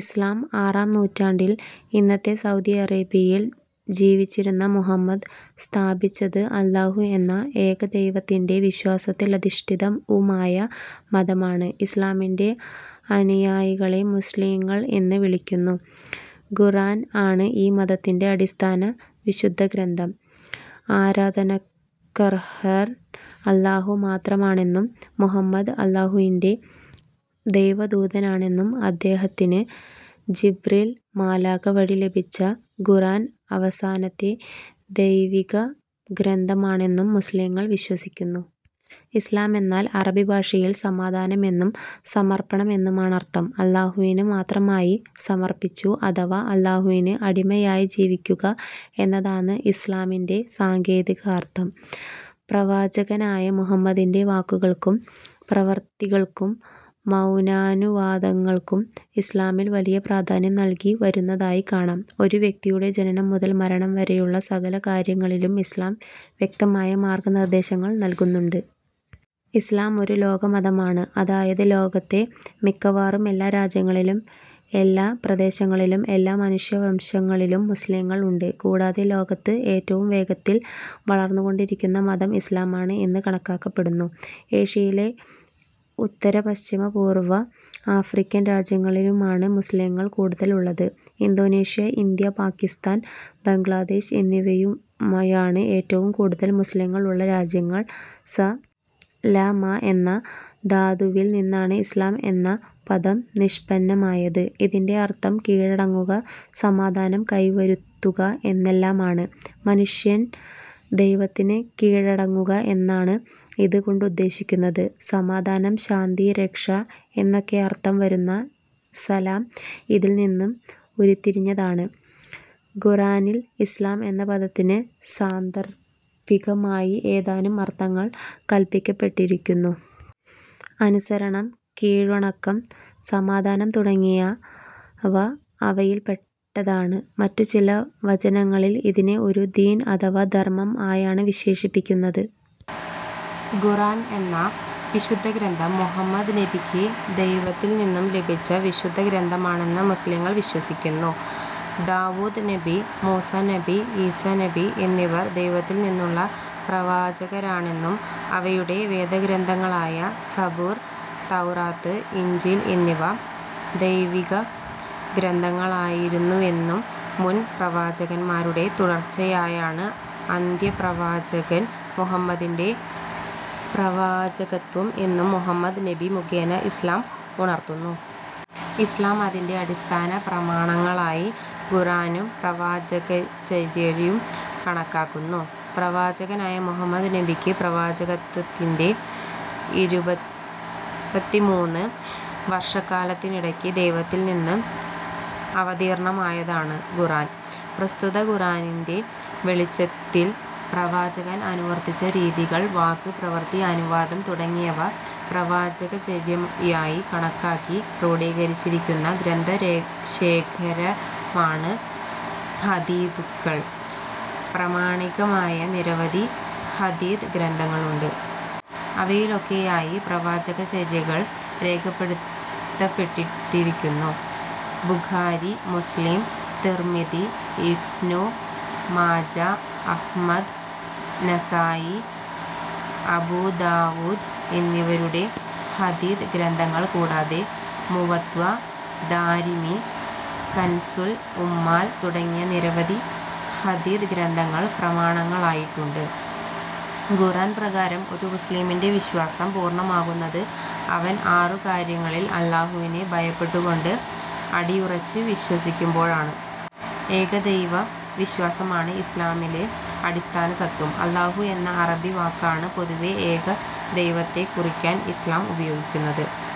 ഇസ്ലാം ആറാം നൂറ്റാണ്ടിൽ ഇന്നത്തെ സൗദി അറേബ്യയിൽ ജീവിച്ചിരുന്ന മുഹമ്മദ് സ്ഥാപിച്ചതും, അല്ലാഹു എന്ന ഏകദൈവത്തിൻ്റെ വിശ്വാസത്തിലധിഷ്ഠിതവുമായ മതമാണ്. ഇസ്ലാമിൻ്റെ അനുയായികളെ മുസ്ലിങ്ങൾ എന്ന് വിളിക്കുന്നു. ഖുർആൻ ആണ് ഈ മതത്തിൻ്റെ അടിസ്ഥാന വിശുദ്ധഗ്രന്ഥം. ആരാധനക്കർഹൻ അല്ലാഹു മാത്രമാണെന്നും മുഹമ്മദ് അല്ലാഹുവിൻ്റെ ദൈവദൂതനാണെന്നും അദ്ദേഹത്തിന് ജിബ്രീൽ മാലാഖ വഴി ലഭിച്ച ഖുർആൻ അവസാനത്തെ ദൈവിക ഗ്രന്ഥമാണെന്നും മുസ്ലിങ്ങൾ വിശ്വസിക്കുന്നു. ഇസ്ലാം എന്നാൽ അറബി ഭാഷയിൽ സമാധാനം എന്നും സമർപ്പണം എന്നുമാണർത്ഥം. അല്ലാഹുവിന് മാത്രമായി സമർപ്പിച്ചു, അഥവാ അല്ലാഹുവിന് അടിമയായി ജീവിക്കുക എന്നതാണ് ഇസ്ലാമിൻ്റെ സാങ്കേതികാർത്ഥം. പ്രവാചകനായ മുഹമ്മദിൻ്റെ വാക്കുകൾക്കും പ്രവർത്തികൾക്കും മൗനാനുവാദങ്ങൾക്കും ഇസ്ലാമിൽ വലിയ പ്രാധാന്യം നൽകി വരുന്നതായി കാണാം. ഒരു വ്യക്തിയുടെ ജനനം മുതൽ മരണം വരെയുള്ള സകല കാര്യങ്ങളിലും ഇസ്ലാം വ്യക്തമായ മാർഗനിർദ്ദേശങ്ങൾ നൽകുന്നുണ്ട്. ഇസ്ലാം ഒരു ലോകമതമാണ്. അതായത് ലോകത്തെ മിക്കവാറും എല്ലാ രാജ്യങ്ങളിലും എല്ലാ പ്രദേശങ്ങളിലും എല്ലാ മനുഷ്യവംശങ്ങളിലും മുസ്ലിങ്ങൾ ഉണ്ട്. കൂടാതെ ലോകത്ത് ഏറ്റവും വേഗത്തിൽ വളർന്നുകൊണ്ടിരിക്കുന്ന മതം ഇസ്ലാമാണ് എന്ന് കണക്കാക്കപ്പെടുന്നു. ഏഷ്യയിലും ഉത്തര പശ്ചിമ പൂർവ്വ ആഫ്രിക്കൻ രാജ്യങ്ങളിലുമാണ് മുസ്ലിങ്ങൾ കൂടുതൽ ഉള്ളത്. ഇന്തോനേഷ്യ, ഇന്ത്യ, പാകിസ്താൻ, ബംഗ്ലാദേശ് എന്നിവയാണ് ഏറ്റവും കൂടുതൽ മുസ്ലിങ്ങൾ ഉള്ള രാജ്യങ്ങൾ.സ ല മ എന്ന ധാതുവിൽ നിന്നാണ് ഇസ്ലാം എന്ന പദം നിഷ്പന്നമായത്. ഇതിൻ്റെ അർത്ഥം കീഴടങ്ങുക, സമാധാനം കൈവരുത്തുക എന്നെല്ലാമാണ്. മനുഷ്യൻ ദൈവത്തിന് കീഴടങ്ങുക എന്നാണ് ഇത് കൊണ്ടുദ്ദേശിക്കുന്നത്. സമാധാനം, ശാന്തി, രക്ഷ എന്നൊക്കെ അർത്ഥം വരുന്ന സലാം ഇതിൽ നിന്ന് ഉരുത്തിരിഞ്ഞതാണ്. ഖുർആനിൽ ഇസ്ലാം എന്ന പദത്തിന് സാന്ദർഭികമായി ഏതാനും അർത്ഥങ്ങൾ കൽപ്പിക്കപ്പെട്ടിരിക്കുന്നു. അനുസരണം, കീഴ്വണക്കം, സമാധാനം തുടങ്ങിയവ അവയിൽപ്പെട്ടതാണ്. മറ്റു ചില വചനങ്ങളിൽ ഇതിനെ ഒരു ദീൻ അഥവാ ധർമ്മം ആയാണ് വിശേഷിപ്പിക്കുന്നത്. ഖുർആൻ എന്ന വിശുദ്ധഗ്രന്ഥം മുഹമ്മദ് നബിക്ക് ദൈവത്തിൽ നിന്നും ലഭിച്ച വിശുദ്ധഗ്രന്ഥമാണെന്ന് മുസ്ലിങ്ങൾ വിശ്വസിക്കുന്നു. ദാവൂദ് നബി, മൂസ നബി, ഈസ നബി എന്നിവർ ദൈവത്തിൽ നിന്നുള്ള പ്രവാചകരാണെന്നും അവരുടെ വേദഗ്രന്ഥങ്ങളായ സബൂർ, തൗറാത്ത്, ഇഞ്ചീൽ എന്നിവ ദൈവികഗ്രന്ഥങ്ങളായിരുന്നുവെന്നും മുൻ പ്രവാചകന്മാരുടെ തുടർച്ചയായാണ് അന്ത്യപ്രവാചകൻ മുഹമ്മദിൻ്റെ പ്രവാചകത്വം എന്നും മുഹമ്മദ് നബി മുഖേന ഇസ്ലാം ഉണർത്തുന്നു. ഇസ്ലാം അതിൻ്റെ അടിസ്ഥാന പ്രമാണങ്ങളായി ഖുർആനും പ്രവാചകചര്യയും കണക്കാക്കുന്നു. പ്രവാചകനായ മുഹമ്മദ് നബിക്ക് പ്രവാചകത്വത്തിൻ്റെ ഇരുപത്തിമൂന്ന് വർഷക്കാലത്തിനിടയ്ക്ക് ദൈവത്തിൽ നിന്ന് അവതീർണ്ണമായതാണ് ഖുർആൻ. പ്രസ്തുത ഖുർആനിൻ്റെ വെളിച്ചത്തിൽ പ്രവാചകൻ അനുവർത്തിച്ച രീതികൾ, വാക്ക്, പ്രവൃത്തി, അനുവാദം തുടങ്ങിയവ പ്രവാചകചര്യയായി കണക്കാക്കി ക്രോഡീകരിച്ചിരിക്കുന്ന ഗ്രന്ഥശേഖരമാണ് ഹദീഥുകൾ. പ്രാമാണികമായ നിരവധി ഹദീഥ് ഗ്രന്ഥങ്ങളുണ്ട്. അവയിലൊക്കെയായി പ്രവാചകചര്യകൾ രേഖപ്പെടുത്തപ്പെട്ടിരിക്കുന്നു. Bukhari, Muslim, Tirmidhi, Ibn Majah, Ahmad, Nasai, Abu Dawud എന്നിവരുടെ ഹദീഥ് ഗ്രന്ഥങ്ങൾ കൂടാതെ മുവത്വ, ദാരിമി, കൻസുൽ ഉമ്മാൽ തുടങ്ങി നിരവധി ഹദീഥ് ഗ്രന്ഥങ്ങൾ പ്രമാണങ്ങളായിട്ടുണ്ട്. ഖുർആൻ പ്രകാരം ഒരു മുസ്ലിമിൻ്റെ വിശ്വാസം പൂർണ്ണമാകുന്നത് അവൻ ആറു കാര്യങ്ങളിൽ അല്ലാഹുവിനെ ഭയപ്പെട്ടുകൊണ്ട് അടിയുറച്ച് വിശ്വസിക്കുമ്പോഴാണ്. ഏകദൈവ വിശ്വാസമാണ് ഇസ്ലാമിലെ അടിസ്ഥാന തത്ത്വം. അല്ലാഹു എന്ന അറബി വാക്കാണ് പൊതുവെ ഏകദൈവത്തെ കുറിക്കാൻ ഇസ്ലാം ഉപയോഗിക്കുന്നത്.